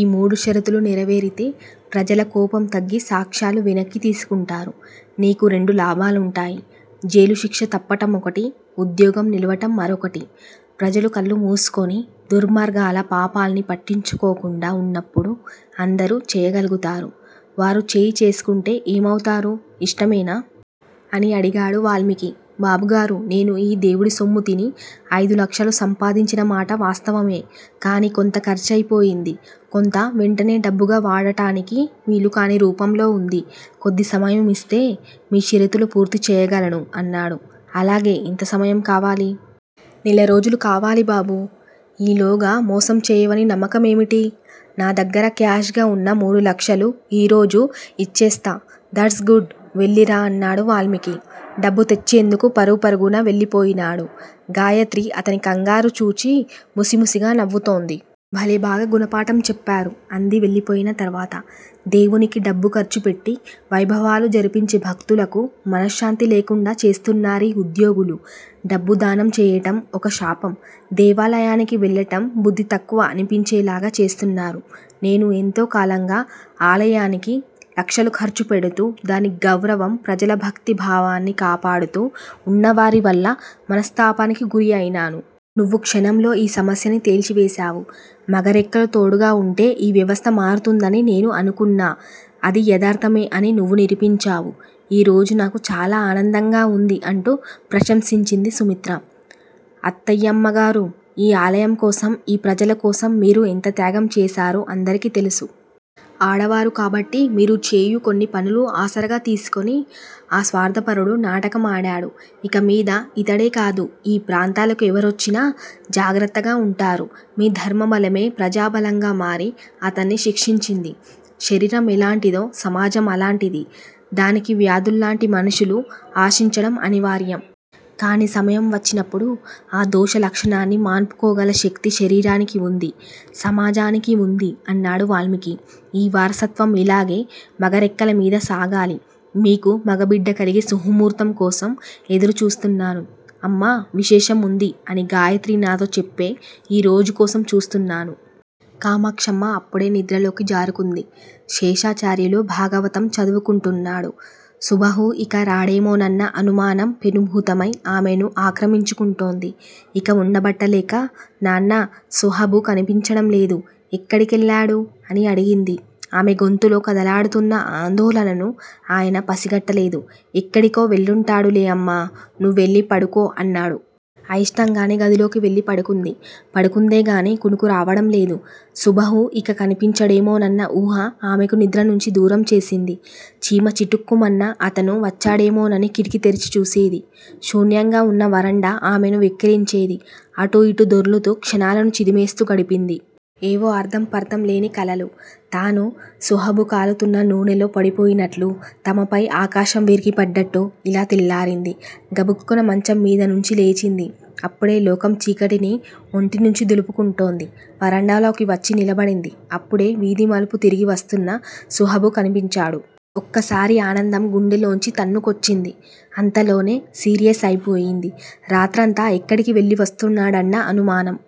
ఈ మూడు షరతులు నెరవేరితే ప్రజల కోపం తగ్గి సాక్ష్యాలు వెనక్కి తీసుకుంటారు. నీకు రెండు లాభాలుంటాయి. జైలుశిక్ష తప్పటం ఒకటి. ఉద్యోగం నిలవటం మరొకటి! ప్రజలు కళ్ళు మూసుకుని దుర్మార్గుల పాపాల్ని పట్టించుకోకుండా ఉన్నప్పుడు అందరూ చేయగలుగుతారు. వారు చేయి చేసుకుంటే ఏమవుతారు. ఇష్టమేనా? అని అడిగాడు వాల్మీకి. బాబుగారూ! నేను ఈ దేవుడి సొమ్ముతిని అయిదు లక్షలు సంపాదించిన మాట వాస్తవమే! కాని కొంత ఖర్చయిపోయింది. కొంత వెంటనే డబ్బుగా వాడటానికి వీలుకాని రూపంలో ఉంది. కొద్ది సమయం ఇస్తే మీ షరతులు పూర్తి చేయగలను అన్నాడు. అలాగే ఎంత సమయం కావాలి! నెలరోజులు కావాలి బాబూ! ఈలోగా మోసం చేయవని నమ్మకం ఏమిటి? నా దగ్గర కాష్ గా ఉన్న మూడు లక్షలు ఈరోజు ఇచ్చేస్తా! దట్స్ గుడ్ వెళ్ళిరా అన్నాడు వాల్మీకి. డబ్బు తెచ్చేందుకు పరుగు పరుగున వెళ్ళిపోయినాడు. గాయత్రి అతని కంగారు చూచి ముసిముసిగా నవ్వుతోంది. భలే బాగా గుణపాఠం చెప్పారు అంది వెళ్ళిపోయిన తరువాత! దేవునికి డబ్బు ఖర్చుపెట్టి వైభవాలు జరిపించే భక్తులకు మనశ్శాంతి లేకుండా చేస్తున్నారీ ఉద్యోగులు. డబ్బు దానం చేయటం ఒక శాపం దేవాలయానికి వెళ్ళటం బుద్ధి తక్కువ అనిపించేలాగా చేస్తున్నారు! నేను ఎంతో కాలంగా ఆలయానికి లక్షలు ఖర్చు పెడుతూ దాని గౌరవం ప్రజలభక్తి భావాన్ని కాపాడుతూ ఉన్నవారి వల్ల మనస్తాపానికి గురి అయినాను. నువ్వు క్షణంలో ఈ సమస్యని తేల్చి వేశావు. మగ రెక్కలు తోడుగా ఉంటే ఈ వ్యవస్థ మారుతుందని నేను అనుకున్నా అది యదార్ధమే అని నువ్వు నిరూపించావు. ఈ రోజు నాకు చాల ఆనందంగా ఉంది అంటూ ప్రశంసించింది సుమిత్ర. అత్తాయమ్మగారూ! ఈ ఆలయం కోసం ఈ ప్రజల కోసం మీరు ఎంత త్యాగం చేశారో అందరికి తెలుసు! ఆడవారు కాబట్టి మీరు చేయు కొన్ని పనులు ఆసరాగా తీసుకుని అ స్వార్ధపరుడు నాటకం ఆడాడు! ఇకమీద ఇతడేకాదు. ఈ ప్రాంతాలకు ఎవరొచ్చినా జాగ్రత్తగా ఉంటారు. మీ ధర్మబలమే ప్రజాబలంగా మారి అతన్ని శిక్షించింది. శరీరం ఎలాంటిదో సమాజం అలాంటిది. డానికి వ్యాధుల్లాంటి మనుషులు ఆశించటం అనివార్యం! కాని సమయం వచ్చినప్పుడు ఆ దోష లక్షణాన్ని మాన్పుకోగల శక్తి శరీరానికీ ఉంది. సమాజానికీ ఉంది! అన్నాడు వాల్మీకి. ఈ వారసత్వం ఇలాగే మగ రెక్కలమీద సాగాలి! మీకు మగబిడ్డకలిగే సుముహూర్తం కోసం ఎదురు చూస్తున్నాను. అమ్మా విశేషం ఉంది అని గాయత్రి నాతో చెప్పే ఈరోజు కోసం చూస్తున్నాను. కామాక్షమ్మ అప్పుడే నిద్రలోకి జారుకుంది. శేషాచార్యులు భాగవతం చదువుకుంటున్నాడు. సుబాహు ఇక రాడేమోనన్న అనుమానం పెనుభూతమై ఆమెను ఆక్రమించుకుంటోంది. ఇక వుండబట్టలేక నాన్నా! సుబాహు కనిపించడం లేదు. ఎక్కడికెళ్ళాడు? అని అడిగింది. ఆమె గొంతులో కదలాడుతున్న ఆందోళనను ఆయన పసిగట్టలేదు. ఎక్కడికో వెళ్ళుంటాడు లేమ్మా. నువ్వెళ్ళి పడుకో అన్నాడు. అయిష్టంగానే గదిలోకి వెళ్ళిపడుకుంది. పడుకుందేగాని కునుకు రావడం లేదు. సుబాహు ఇక కనిపించడేమో నన్న ఊహ ఆమెకు నిద్ర నుంచి దూరం చేసింది. చీమ చిటుక్కుమన్నా అతను వచ్చేడేమోనని కిటికీ తెరిచి చూసేది. శూన్యంగా వున్న వరండా ఆమెను వెక్కిరించేది. అటూ, ఇటూ దొర్లుతూ క్షణాలను చిదిమేస్తూ గడిపింది. ఏవో అర్థం పర్థం లేని కలలు- తనూ, సుబాహు కాలుతున్న నూనెలో పడిపోయినట్టు- తమపై ఆకాశం విరిగిపడ్డట్టూ- ఇలా తెల్లారింది. గబుక్కున మంచం మీద నుంచి లేచింది. అప్పుడే లోకం చీకటిని ఒంటి నుంచి దులుపుకుంటోంది. వరండాలోకి వచ్చి నిలబడింది. అప్పుడే వీధి మలుపు తిరిగి వస్తున్న సుబాహు కనిపించాడు. ఒక్కసారి ఆనందం గుండెలోంచి తన్నుకొచ్చింది. అంతలోనే సీరియస్ అయిపోయింది. రాత్రంతా ఎక్కడికి వెళ్ళివస్తున్నాడన్న అనుమానం